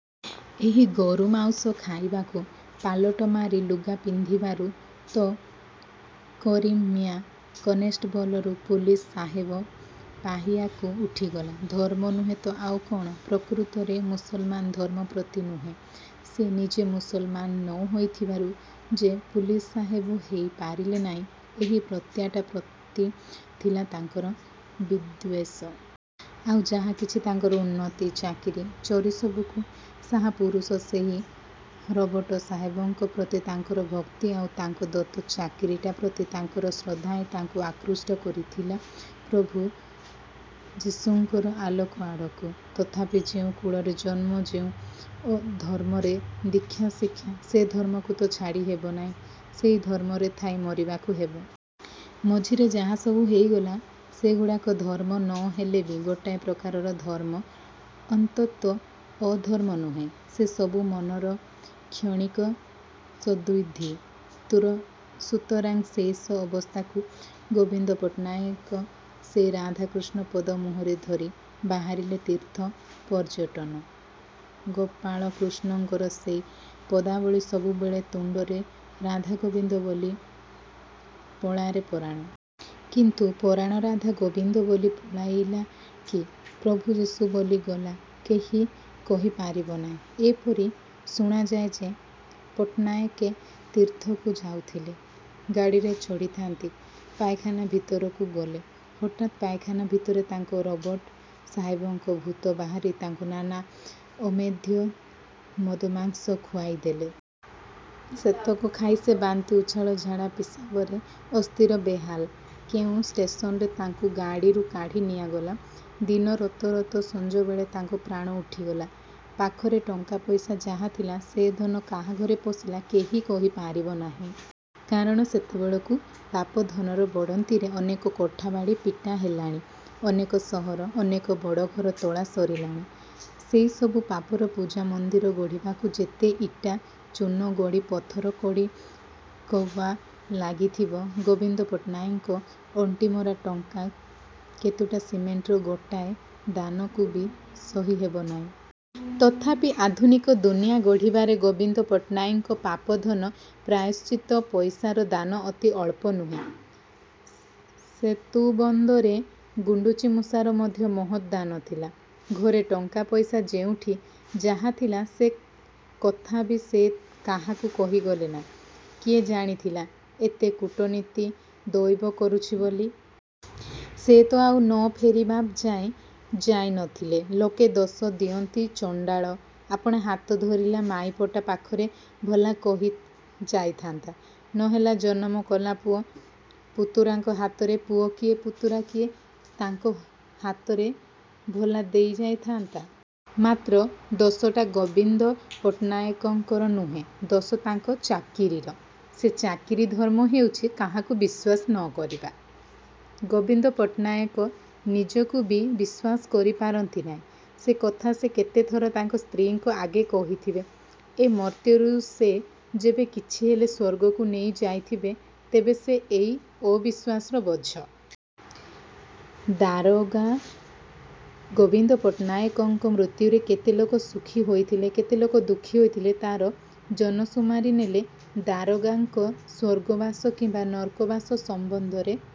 ଏହି ଗୋରୁ ମାଉଁସ ଖାଇବାରୁ; ପାଲଟ ମାରି ଲୁଗା ପିନ୍ଧିବାରୁ ତ କରିମ ମିଆଁ କନେଷ୍ଟବଲରୁ ପୁଲିସ ସାହେବ ପାହିଆକୁ ଉଠିଗଲା। ଧର୍ମ ନୁହେଁ ତ ଆଉ କ'ଣ? ପ୍ରକୃତରେ ମୁସଲମାନ ଧର୍ମ ପ୍ରତି ନୁହେଁ, ସେ ନିଜେ ମୁସଲମାନ ନ ହୋଇଥିବାରୁ ଯେ ପୁଲିସ ସାହେବ ହେଇ ପାରିଲେ ନାହିଁ, ଏହି ସତ୍ୟଟା ପ୍ରତି ଥିଲା ତାଙ୍କର ବିଦ୍ୱେଷ। ଆଉ ଯାହା କିଛି ତାଙ୍କର ଉନ୍ନତି, ଚାକିରି, ଚୋରି ସବୁକୁ ସାହା ପୁରୁଷ ସେହି ରବଟ ସାହେବଙ୍କ ପ୍ରତି ତାଙ୍କର ଭକ୍ତି ଆଉ ତାଙ୍କ ଦତ୍ତ ଚାକିରିଟା ପ୍ରତି ତାଙ୍କର ଶ୍ରଦ୍ଧାହିଁ ତାଙ୍କୁ ଆକୃଷ୍ଟ କରିଥିଲା ପ୍ରଭୁ ଯିଶୁଙ୍କର ଆଲୋକ ଆଡ଼କୁ। ତଥାପି ଯେଉଁ କୁଳରେ ଜନ୍ମ ଯେଉଁ ଧର୍ମରେ ଦୀକ୍ଷା ଶିକ୍ଷା ସେ ଧର୍ମକୁ ତ ଛାଡ଼ି ହେବ ନାହିଁ ସେଇ ଧର୍ମରେ ଥାଇ ମରିବାକୁ ହେବ। ମଝିରେ ଯାହାସବୁ ହେଇଗଲା, ସେଗୁଡ଼ାକ ଧର୍ମ ନ ହେଲେବି ଗୋଟାଏ ପ୍ରକାରର ଧର୍ମ ଅନ୍ତତ୍ୱ ଅଧର୍ମ ନୁହେଁ। ସେ ସବୁ ମନର କ୍ଷଣିକ ସଦ୍ବୁଦ୍ଧି। ସୁତରାଂ ଶେଷ ଅବସ୍ଥାକୁ ଗୋବିନ୍ଦ ପଟ୍ଟନାୟକ ସେଇ ରାଧାକୃଷ୍ଣ ପଦ ମୁହଁରେ ଧରି ବାହାରିଲେ ତୀର୍ଥ ପର୍ଯ୍ୟଟନ। ଗୋପାଳକୃଷ୍ଣଙ୍କର ସେଇ ପଦାବଳୀ ସବୁବେଳେ ତୁଣ୍ଡରେରାଧା ଗୋବିନ୍ଦ ବୋଲି ପଳାରେ ପରାଣ। କିନ୍ତୁ ପରାଣ ରାଧା ଗୋବିନ୍ଦ ବୋଲି ପଳାଇଲା କି ପ୍ରଭୁ ଯିଶୁ ବୋଲି ଗଲା କେହି କହି ପାରିବ ନାହିଁ। ଏପରି ଶୁଣାଯାଏ ଯେ ପଟ୍ଟନାଏକେ ତୀର୍ଥକୁ ଯାଉଥିଲେ। ଗାଡ଼ିରେ ଚଢ଼ିଥାନ୍ତି। ପାଇଖାନା ଭିତରକୁ ଗଲେ। ହଠାତ ପାଇଖାନା ଭିତରେ ତାଙ୍କ ରବଟ ସାହେବଙ୍କ ଭୂତ ବାହାରି ତାଙ୍କୁ ନାନା ଅମେଧ୍ୟ ମଦମାଂସ ଖୁଆଇ ଦେଲେ। ସେତେକ ଖାଇ ସେ ବାନ୍ତି ଉଚ୍ଛାଳ, ଝାଡ଼ା ପିସାବରେ ଅସ୍ଥିର ବେହାଲ୍। କେଉଁ ଷ୍ଟେସନରେ ତାଙ୍କୁ ଗାଡ଼ିରୁ କାଢ଼ି ନିଆଗଲା। ଦିନ ରତ ରତ ସଞ୍ଜବେଳେ ତାଙ୍କ ପ୍ରାଣ ଉଠିଗଲା। ପାଖରେ ଟଙ୍କାପଇସା ଯାହାଥିଲା ସେ ଧନ କାହାଘରେ ପଶିଲା କେହି କହି ପାରିବ ନାହିଁ। କାରଣ ସେତେବେଳକୁ ପାପ ଧନର ବଢ଼ନ୍ତିରେ ଅନେକ କୋଠା ବାଡ଼ି ପିଟା ହେଲାଣି। ଅନେକ ସହର, ଅନେକ ବଡ଼ଘର ତୋଳା ସରିଲାଣି। ସେଇ ସବୁ ପାପର ପୂଜା ମନ୍ଦିର ଗଢ଼ିବାକୁ ଯେତେ ଇଟା ଚୂନ ଗୋଡ଼ି ପଥର କଡ଼ି କବା ଲାଗିଥିବ ଗୋବିନ୍ଦ ପଟ୍ଟନାୟକଙ୍କ ଅଣ୍ଟିମରା ଟଙ୍କା କେତୁଟା ସିମେଣ୍ଟର ଗୋଟାଏ ଦାନକୁବି ସହିହେବ ନାହିଁ। ତଥାପି ଆଧୁନିକ ଦୁନିଆ ଗଢ଼ିବାରେ ଗୋବିନ୍ଦ ପଟ୍ଟନାୟକଙ୍କ ପାପ ଧନ ପ୍ରାୟଶ୍ଚିତ୍ତ ପଇସାର ଦାନ ଅତି ଅଳ୍ପ ନୁହେଁ। ସେତୁବନ୍ଧରେ ଗୁଣ୍ଡୁଚିମୂଷାର ମଧ୍ୟ ମହତ୍ ଦାନ ଥିଲା। ଘରେ ଟଙ୍କାପଇସା ଯେଉଁଠି ଯାହା ଥିଲା ସେ କଥାବି ସେ କାହାକୁ କହିଗଲେ ନାହିଁ। କିଏ ଜାଣିଥିଲା ଏତେ କୂଟନୀତି ଦଇବ କରୁଚି ବୋଲି? ସେ ତ ଆଉ ନ ଫେରିବାଯାଏ ଯାଇ ନଥିଲେ। ଲୋକେ ଦୋଷ ଦିଅନ୍ତି ଚଣ୍ଡାଳ, ଆପଣେ ହାତ ଧରିଲା ମାଇପଟା ପାଖରେ ଭଲା କହି ଯାଇଥାନ୍ତା। ନ ହେଲା ଜନମ କଲା ପୁଅ ପୁତୁରାଙ୍କ ହାତରେ ପୁଅ କିଏ ପୁତୁରା କିଏ ତାଙ୍କ ହାତରେ ଭଲା ଦେଇଯାଇଥାନ୍ତା। ମାତ୍ର ଦୋଷଟା ଗୋବିନ୍ଦ ପଟ୍ଟନାହାକଙ୍କର ନୁହେଁ ଦୋଷ ତାଙ୍କ ଚାକିରିର। ସେ ଚାକିରି ଧର୍ମ ହେଉଚି କାହାକୁ ବିଶ୍ୱାସ ନ କରିବା। ଗୋବିନ୍ଦ ପଟ୍ଟନାୟକ ନିଜକୁବି ବିଶ୍ୱାସ କରିପାରନ୍ତି ନାହିଁ। ସେ କଥା ସେ କେତେଥର ତାଙ୍କ ସ୍ତ୍ରୀଙ୍କ ଆଗେ କହିଥିବେ। ଏ ମର୍ତ୍ତ୍ୟରୁ ସେ ଯେବେ କିଛି ହେଲେ ସ୍ୱର୍ଗକୁ ନେଇ ଯାଇଥିବେ, ତେବେ ସେ ଏଇ ଅବିଶ୍ୱାସର ବୋଝ। ଦାରୋଗା ଗୋବିନ୍ଦ ପଟ୍ଟନାୟକଙ୍କ ମୃତ୍ୟୁରେ କେତେ ଲୋକ ସୁଖୀ ହୋଇଥିଲେ, କେତେ ଲୋକ ଦୁଃଖୀ ହୋଇଥିଲେ ତା'ର ଜନସୁମାରି ନେଲେ ଦାରୋଗାଙ୍କ ସ୍ୱର୍ଗବାସ କିମ୍ୱା ନର୍କବାସ ସମ୍ୱନ୍ଧରେ